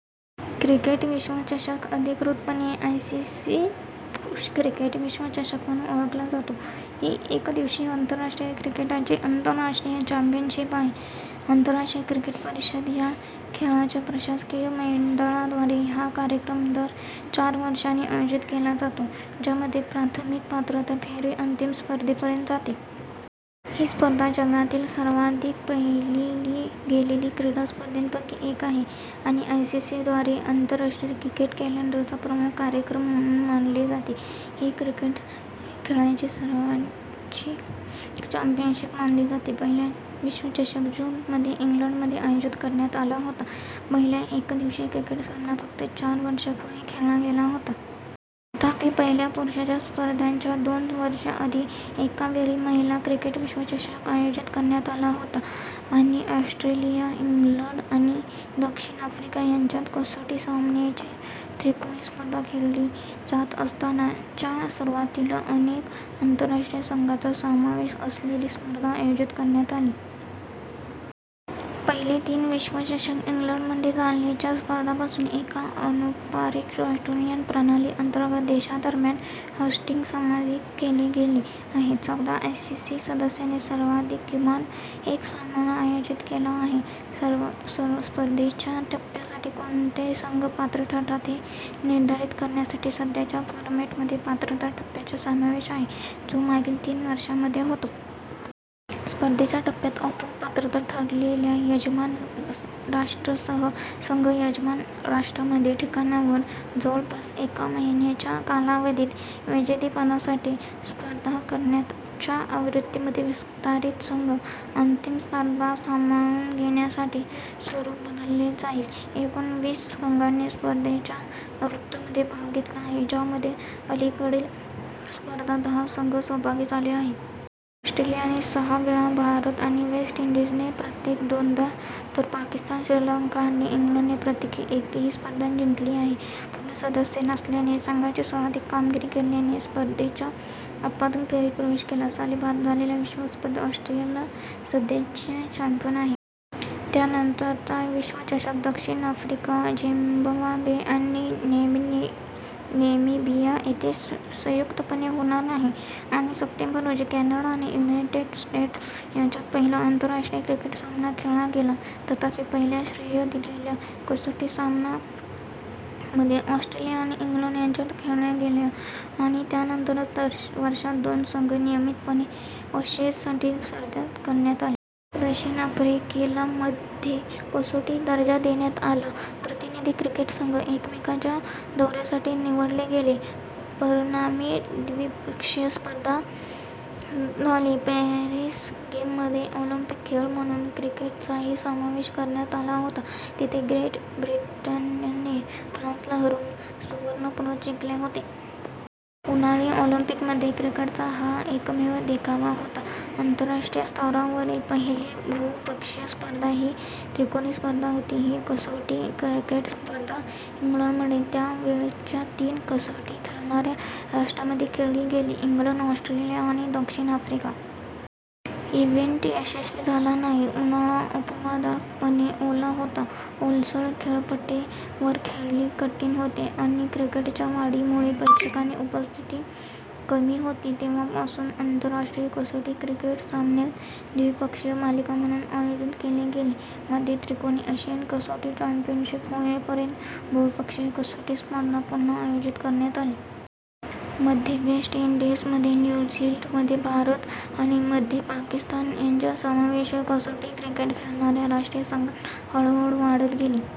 Cricket विश्वचषक, अधिकृतपणे ICC पुरुष क्रिकेट विश्वचषक म्हणून ओळखला जातो, ही एकदिवसीय आंतरराष्ट्रीय क्रिकेटची आंतरराष्ट्रीय चॅम्पियनशिप आहे. आंतरराष्ट्रीय क्रिकेट परिषद या खेळाच्या प्रशासकीय मंडळाद्वारे हा कार्यक्रम दर चार वर्षांनी आयोजित केला जातो, ज्यामध्ये प्राथमिक पात्रता फेरी अंतिम स्पर्धेपर्यंत जाते. ही स्पर्धा जगातील सर्वाधिक पाहिल्या गेलेल्या क्रीडा स्पर्धांपैकी एक आहे आणि आयसीसी द्वारे "आंतरराष्ट्रीय क्रिकेट कॅलेंडरचा प्रमुख कार्यक्रम" म्हणून गणली जाते. हे क्रिकेट खेळाचे सर्वोच्च चॅम्पियनशिप मानले जाते. पहिला विश्वचषक जून मध्ये इंग्लंडमध्ये आयोजित करण्यात आला होता, पहिला एकदिवसीय क्रिकेट सामना फक्त चार वर्षांपूर्वी खेळला गेला होता. तथापि, पहिल्या पुरुषांच्या स्पर्धेच्या दोन वर्षे आधी एक वेगळा महिला क्रिकेट विश्वचषक आयोजित करण्यात आला होता आणि ऑस्ट्रेलिया, इंग्लंड आणि दक्षिण आफ्रिका यांच्यात कसोटी सामन्यांची त्रिकोणी स्पर्धा खेळली जात असताना च्या सुरुवातीला अनेक आंतरराष्ट्रीय संघांचा समावेश असलेली स्पर्धा आयोजित करण्यात आली होती. पहिले तीन विश्वचषक इंग्लंडमध्ये झाले. च्या स्पर्धेपासून, एका अनौपचारिक रोटेशन प्रणाली अंतर्गत देशांदरम्यान होस्टिंग सामायिक केले गेले आहे, चौदा आयसीसी सदस्यांनी स्पर्धेत किमान एक सामना आयोजित केला आहे. स्पर्धेच्या टप्प्यासाठी कोणते संघ पात्र ठरतात हे निर्धारित करण्यासाठी सध्याच्या फॉरमॅटमध्ये पात्रता टप्प्याचा समावेश आहे, जो मागील तीन वर्षांमध्ये होतो. स्पर्धेच्या टप्प्यात, आपोआप पात्र ठरलेल्या यजमान राष्ट्रासह संघ, यजमान राष्ट्रामधील ठिकाणांवर जवळपास एक महिन्याच्या कालावधीत विजेतेपदासाठी स्पर्धा करतात. च्या आवृत्तीमध्ये, विस्तारित -संघ अंतिम स्पर्धा सामावून घेण्यासाठी स्वरूप बदलले जाईल. एकूण वीस संघांनी स्पर्धेच्या आवृत्त्यांमध्ये भाग घेतला आहे, ज्यामध्ये अलीकडील स्पर्धेत दहा संघ सहभागी झाले आहेत. ऑस्ट्रेलियाने सहा वेळा, भारत आणि वेस्ट इंडीजने प्रत्येकी दोनदा, तर पाकिस्तान, श्रीलंका आणि इंग्लंडने प्रत्येकी एकदा ही स्पर्धा जिंकली आहे. पूर्ण-सदस्य नसलेल्या संघाची सर्वोत्तम कामगिरी केन्याने स्पर्धेच्या उपांत्य फेरीत प्रवेश केला. साली भारतात झालेल्या विश्वचषक स्पर्धेत ऑस्ट्रेलिया हा सध्याचा चॅम्पियन आहे. त्यानंतरचा विश्वचषक दक्षिण आफ्रिका, झिम्बाब्वे आणि नामिबिया येथे संयुक्तपणे होणार आहे. आणि सप्टेंबर रोजी कॅनडा आणि युनायटेड स्टेट्स यांच्यात पहिला आंतरराष्ट्रीय क्रिकेट सामना खेळला गेला. तथापि, पहिला श्रेय दिलेला कसोटी सामना मध्ये ऑस्ट्रेलिया आणि इंग्लंड यांच्यात खेळला गेला आणि त्यानंतरच्या वर्षांत दोन्ही संघ नियमितपणे अशेज साठी स्पर्धा करत आहे. दक्षिण आफ्रिकेला मध्ये कसोटी दर्जा देण्यात आला. प्रतिनिधी क्रिकेट संघ एकमेकांच्या दौऱ्यासाठी निवडले गेले, परिणामी द्विपक्षीय स्पर्धा झाली. पॅरिस गेम्समध्ये ऑलिम्पिक खेळ म्हणून क्रिकेटचाही समावेश करण्यात आला होता, जिथे ग्रेट ब्रिटनने फ्रान्सला हरवून सुवर्णपदक जिंकले होते. उन्हाळी ऑलिंपिकमध्ये क्रिकेटचा हा एकमेव देखावा होता. आंतरराष्ट्रीय स्तरावरील पहिली बहुपक्षीय स्पर्धा ही त्रिकोणी स्पर्धा होती, ही कसोटी क्रिकेट स्पर्धा इंग्लंडमध्ये त्यावेळच्या तीन कसोटी खेळणाऱ्या राष्ट्रांमध्ये खेळली गेली: इंग्लंड, ऑस्ट्रेलिया आणि दक्षिण आफ्रिका. इव्हेंट यशस्वी झाला नाही: उन्हाळा अपवादात्मकपणे ओला होता, ओलसर खेळपट्ट्यांवर खेळणे कठीण होते आणि "क्रिकेटच्या वाढी" मुळे प्रेक्षकांची उपस्थिती कमी होती. तेव्हापासून, आंतरराष्ट्रीय कसोटी क्रिकेट सामान्यत: द्विपक्षीय मालिका म्हणून आयोजित केले गेले: मध्ये त्रिकोणी आशियाई कसोटी चॅम्पियनशिप होईपर्यंत बहुपक्षीय कसोटी स्पर्धा पुन्हा आयोजित करण्यात आली नाही. मध्ये वेस्ट इंडीज, मध्ये न्यू झीलंड, मध्ये भारत आणि मध्ये पाकिस्तान यांच्या समावेशासह कसोटी क्रिकेट खेळणाऱ्या राष्ट्रांची संख्या हळूहळू वाढत गेली.